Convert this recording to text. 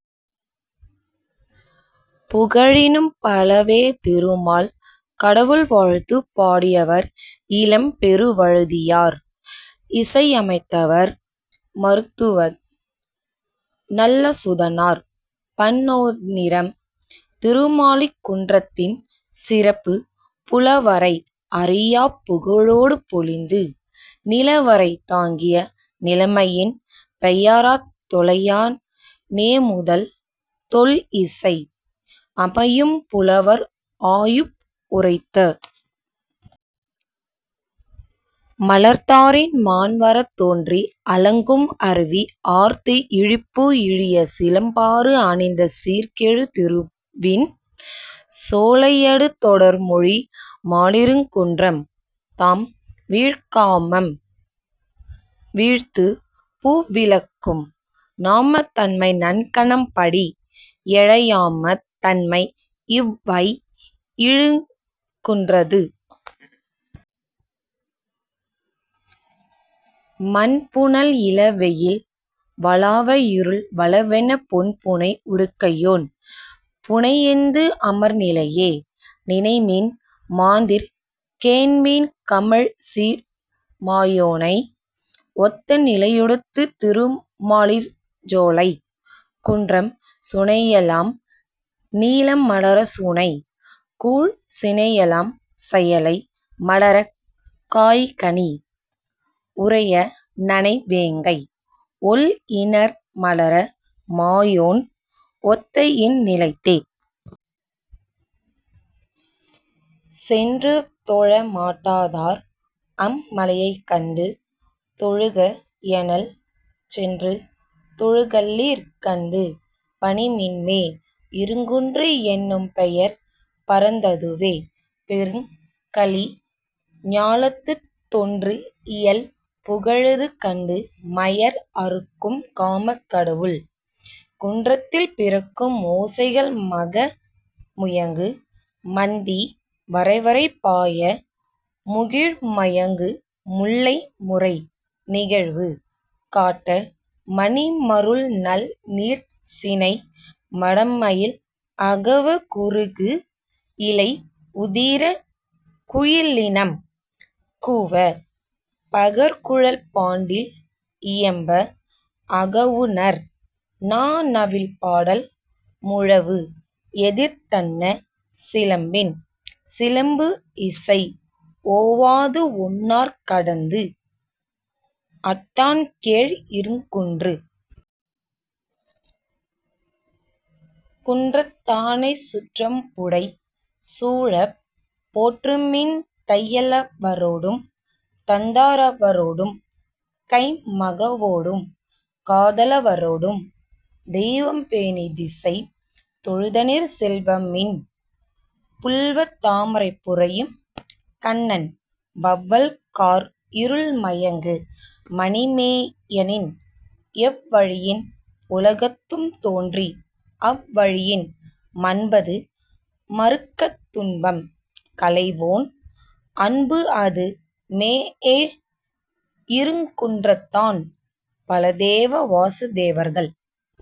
புகழினும் பலவே திருமால் கடவுள் வாழ்த்து பாடியவர் இளம்பெருவழுதியார் இசையமைத்தவர் மருத்துவன் நல்லச்சுதனார் பண் நோதிறம் திருமாலிருங்குன்றத்தின் சிறப்பு புல வரை அறியாப் புகழொடு பொலிந்து, நில வரைத் தாங்கிய நிலைமையின் பெயராத் தொலையா நே முதல் தொல் இசை அமையும் புலவர் ஆய்பு உரைத்த மலர்த்தாரின் மாண் வரத் தோன்றி அலங்கும் அருவி ஆர்த்து இமிழ்பு இழிய சிலம்பாறு அணிந்த சீர் கெழு திருவின் சோலையடு தொடர் மொழி மாலிருங்குன்றம் தாம் வீழ் காமம் வீத்து விளைக்கும் நாமத் தன்மை நன்கனம் படி எழ யாமத் தன்மை இவ் ஐ இருங்குன்றத்து மன் புனல் இள வெயில் வளாவ இருள் வளர்வென பொன் புனை உடுக்கையோன் புணஎந்து அமர் நிலையே நினைமின் மாந்தீர் கேண்மின் கமழ் சீர் மாயோனை ஒத்த நிலையுடைத்து திருமாலிருஞ்சோலைக் குன்றம் சுனையெலாம் நீலம் மலர சுனை சூழ் சினையெலாம் செயலை மலர காய் கனி உறைய நனை வேங்கை ஒள் இணர் மலர மாயோன் ஒத்த இன் நிலைத்தே. சென்று தொழ மாட்டாதார் அம் மலையைக் கண்டு தொழுக எனல் சென்று தொழுகல்லீர் கண்டு பணிமின்மே இருங்குன்று என்னும் பெயர் பரந்ததுவே பெருங் கலி ஞாலத்துத் தொன்று இயல் புகழது கண்டு மயர் அறுக்கும் காமக் கடவுள். குன்றத்தில் பிறக்கும் ஓசைகள் மக முயங்கு மந்தி வரைவரை பாய முகிழ் மயங்கு முல்லை முறை நிகழ்வு காட்ட, மணி மருள் நல் நீர்ச் சினை மடமயில் அகவ குருகு இலை உதிர குயிலினம் கூவ பகர் குழல் பாண்டில் இயம்ப அகவுநர் நா நவில் பாடல் முழவு எதிர்ந்தன்ன சிலம்பின் சிலம்பு இசை ஓவாதுஒன்னார்க் கடந்து அட்டான் கேழ் இருங்குன்று. குன்றத்தானைச் சுற்றம் புடை சூழப் போற்றுமின் தையலவரொடும், தந்தாரவரொடும் கைம் மகவோடும், காதலவரொடும் தெய்வம் பேணித் திசை தொழுதனிர் செல்வமின் புவ்வத் தாமரை புரையும் கண்ணன் வௌவல் கார் இருள் மயங்கு மணி மேனியன் எவ்வயின் உலகத்தும் தோன்றி அவ் வயின் மன்பது மறுக்கத் துன்பம் களைவோன் அன்புஅது மேஎய் இருங்குன்றத்தான். பலதேவ வாசுதேவர்கள்